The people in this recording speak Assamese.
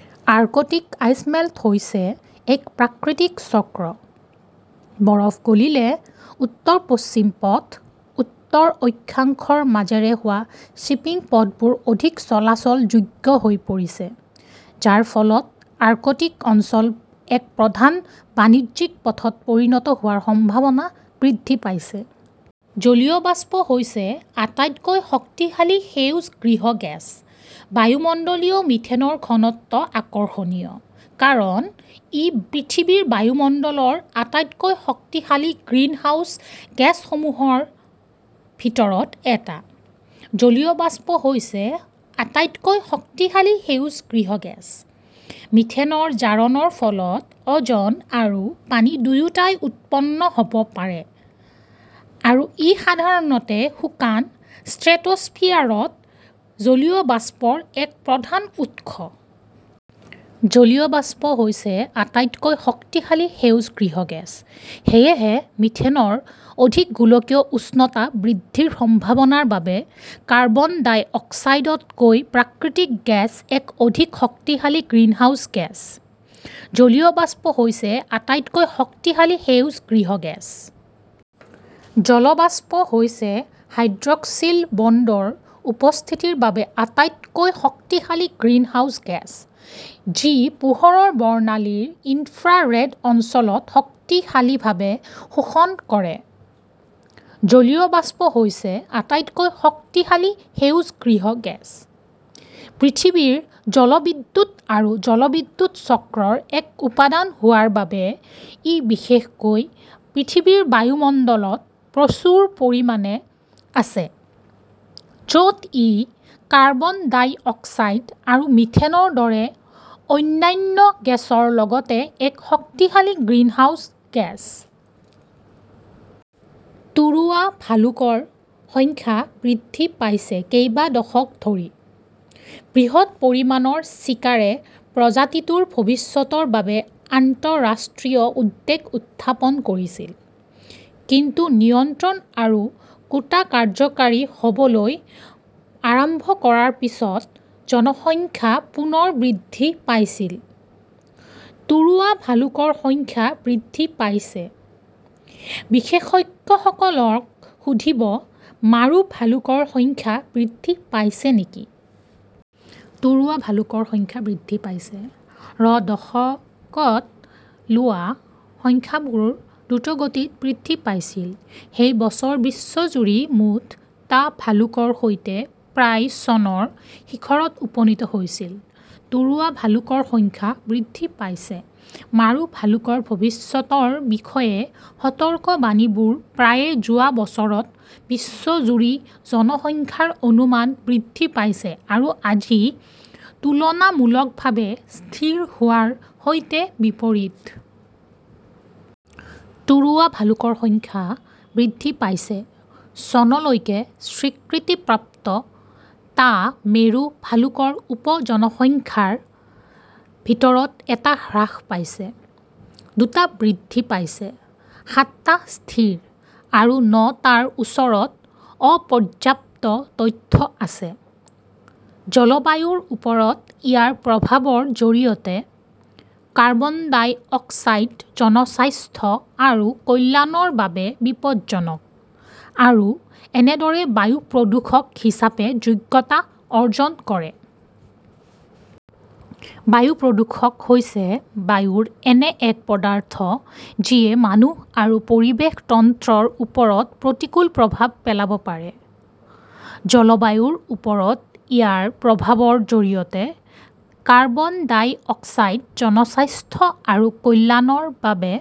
" আৰ্কটিক আইচমেল্ট হৈছে এক প্ৰাকৃতিক চক্ৰ। বৰফ গলিলে উত্তৰ-পশ্চিম পথ, উত্তৰ অক্ষাংশৰ মাজেৰে হোৱা শ্বিপিং পথবোৰ অধিক চলাচলযোগ্য হৈ পৰিছে, যাৰ ফলত আৰ্কটিক অঞ্চল এক প্ৰধান বাণিজ্যিক পথত পৰিণত হোৱাৰ সম্ভাৱনা বৃদ্ধি পাইছে। জলীয় বাষ্প হৈছে আটাইতকৈ শক্তিশালী সেউজ গৃহ গেছ। বায়ুমণ্ডলীয় মিথেনৰ ঘনত্ব আকৰ্ষণীয় কাৰণ ই পৃথিৱীৰ বায়ুমণ্ডলৰ আটাইতকৈ শক্তিশালী গ্ৰিনহাউস গেছসমূহৰ ভিতৰত এটা। জলীয় বাষ্প হৈছে আটাইতকৈ শক্তিশালী সেউজ গৃহ গেছ। মিথেনৰ জাৰণৰ ফলত অ 'জন আৰু পানী দুয়োটাই উৎপন্ন হ' ব পাৰে; আৰু ই সাধাৰণতে শুকান ষ্ট্ৰেটোস্ফিয়াৰত জলীয় বাষ্পৰ এক প্ৰধান উৎস। জলীয় বাষ্প হৈছে আটাইতকৈ শক্তিশালী সেউজ গৃহ গেছ। সেয়েহে মিথেনৰ অধিক গোলকীয় উষ্ণতা বৃদ্ধিৰ সম্ভাৱনাৰ বাবে কাৰ্বন ডাই অক্সাইডতকৈ প্ৰাকৃতিক গেছ এক অধিক শক্তিশালী গ্ৰীণহাউচ গেছ। জলীয় বাষ্প হৈছে আটাইতকৈ শক্তিশালী সেউজ গৃহ গেছ। জল বাষ্প হৈছে হাইড্ৰক্সিল বণ্ডৰ উপস্থিতিৰ বাবে আটাইতকৈ শক্তিশালী গ্ৰীণহাউচ গেছ যি পোহৰৰ বৰ্ণালীৰ ইনফ্ৰা-ৰেড অঞ্চলত শক্তিশালীভাৱে শোষণ কৰে। জলীয় বাষ্প হৈছে আটাইতকৈ শক্তিশালী সেউজ গৃহ গেছ। পৃথিৱীৰ জলবিদ্যুৎ আৰু জলবিদ্যুৎ চক্ৰৰ এক উপাদান হোৱাৰ বাবে ই বিশেষকৈ পৃথিৱীৰ বায়ুমণ্ডলত প্ৰচুৰ পৰিমাণে আছে য 'ত ই কাৰ্বন ডাই অক্সাইড আৰু মিথেনৰ দৰে অন্যান্য গেছৰ লগতে এক শক্তিশালী গ্ৰীণহাউছ গেছ। তুৰুৱা ভালুকৰ সংখ্যা বৃদ্ধি পাইছে কেইবা দশক ধৰি, বৃহৎ পৰিমাণৰ চিকাৰে প্ৰজাতিটোৰ ভৱিষ্যতৰ বাবে আন্তঃৰাষ্ট্ৰীয় উদ্বেগ উত্থাপন কৰিছিল, কিন্তু নিয়ন্ত্ৰণ আৰু কোটা কাৰ্যকৰী হ 'বলৈ আৰম্ভ কৰাৰ পিছত জনসংখ্যা পুনৰ বৃদ্ধি পাইছিল। তুৰুৱা ভালুকৰ সংখ্যা বৃদ্ধি পাইছে "বিশেষজ্ঞসকলক সুধিবঃ মাৰু ভালুকৰ সংখ্যা বৃদ্ধি পাইছে নেকি? " তুৰুৱা ভালুকৰ সংখ্যা বৃদ্ধি পাইছে -ৰ দশকত লোৱা সংখ্যাবোৰ দ্ৰুতগতিত বৃদ্ধি পাইছিল, সেই বছৰ বিশ্বজুৰি মুঠ টা ভালুকৰ সৈতে প্ৰায় চনৰ শিখৰত উপনীত হৈছিল। তুৰুৱা ভালুকৰ সংখ্যা বৃদ্ধি পাইছে মাৰু ভালুকৰ ভৱিষ্যতৰ বিষয়ে সতৰ্কবাণীবোৰ প্ৰায়ে যোৱা বছৰত বিশ্বজুৰি জনসংখ্যাৰ অনুমান বৃদ্ধি পাইছে আৰু আজি তুলনামূলকভাৱে স্থিৰ হোৱাৰ সৈতে বিপৰীত। তুৰুৱা ভালুকৰ সংখ্যা বৃদ্ধি পাইছে চনলৈকে স্বীকৃতিপ্ৰাপ্ত টা মেৰু ভালুকৰ উপ-জনসংখ্যাৰ ভিতৰত এটা হ্ৰাস পাইছে, দুটা বৃদ্ধি পাইছে, সাতটা স্থিৰ, আৰু নটাৰ ওচৰত অপৰ্যাপ্ত তথ্য আছে। জলবায়ুৰ ওপৰত ইয়াৰ প্ৰভাৱৰ জৰিয়তে, কাৰ্বন ডাই অক্সাইড জনস্বাস্থ্য আৰু কল্যাণৰ বাবে বিপদজনক, আৰু এনেদৰে বায়ু প্ৰদূষক হিচাপে যোগ্যতা অৰ্জন কৰে। বায়ু প্ৰদূষক হৈছে বায়ুৰ এনে এক পদাৰ্থ যিয়ে মানুহ আৰু পৰিৱেশ তন্ত্ৰৰ ওপৰত প্ৰতিকূল প্ৰভাৱ পেলাব পাৰে। জলবায়ুৰ ওপৰত ইয়াৰ প্ৰভাৱৰ জৰিয়তে, কাৰ্বন ডাই অক্সাইড জনস্বাস্থ্য আৰু কল্যাণৰ বাবে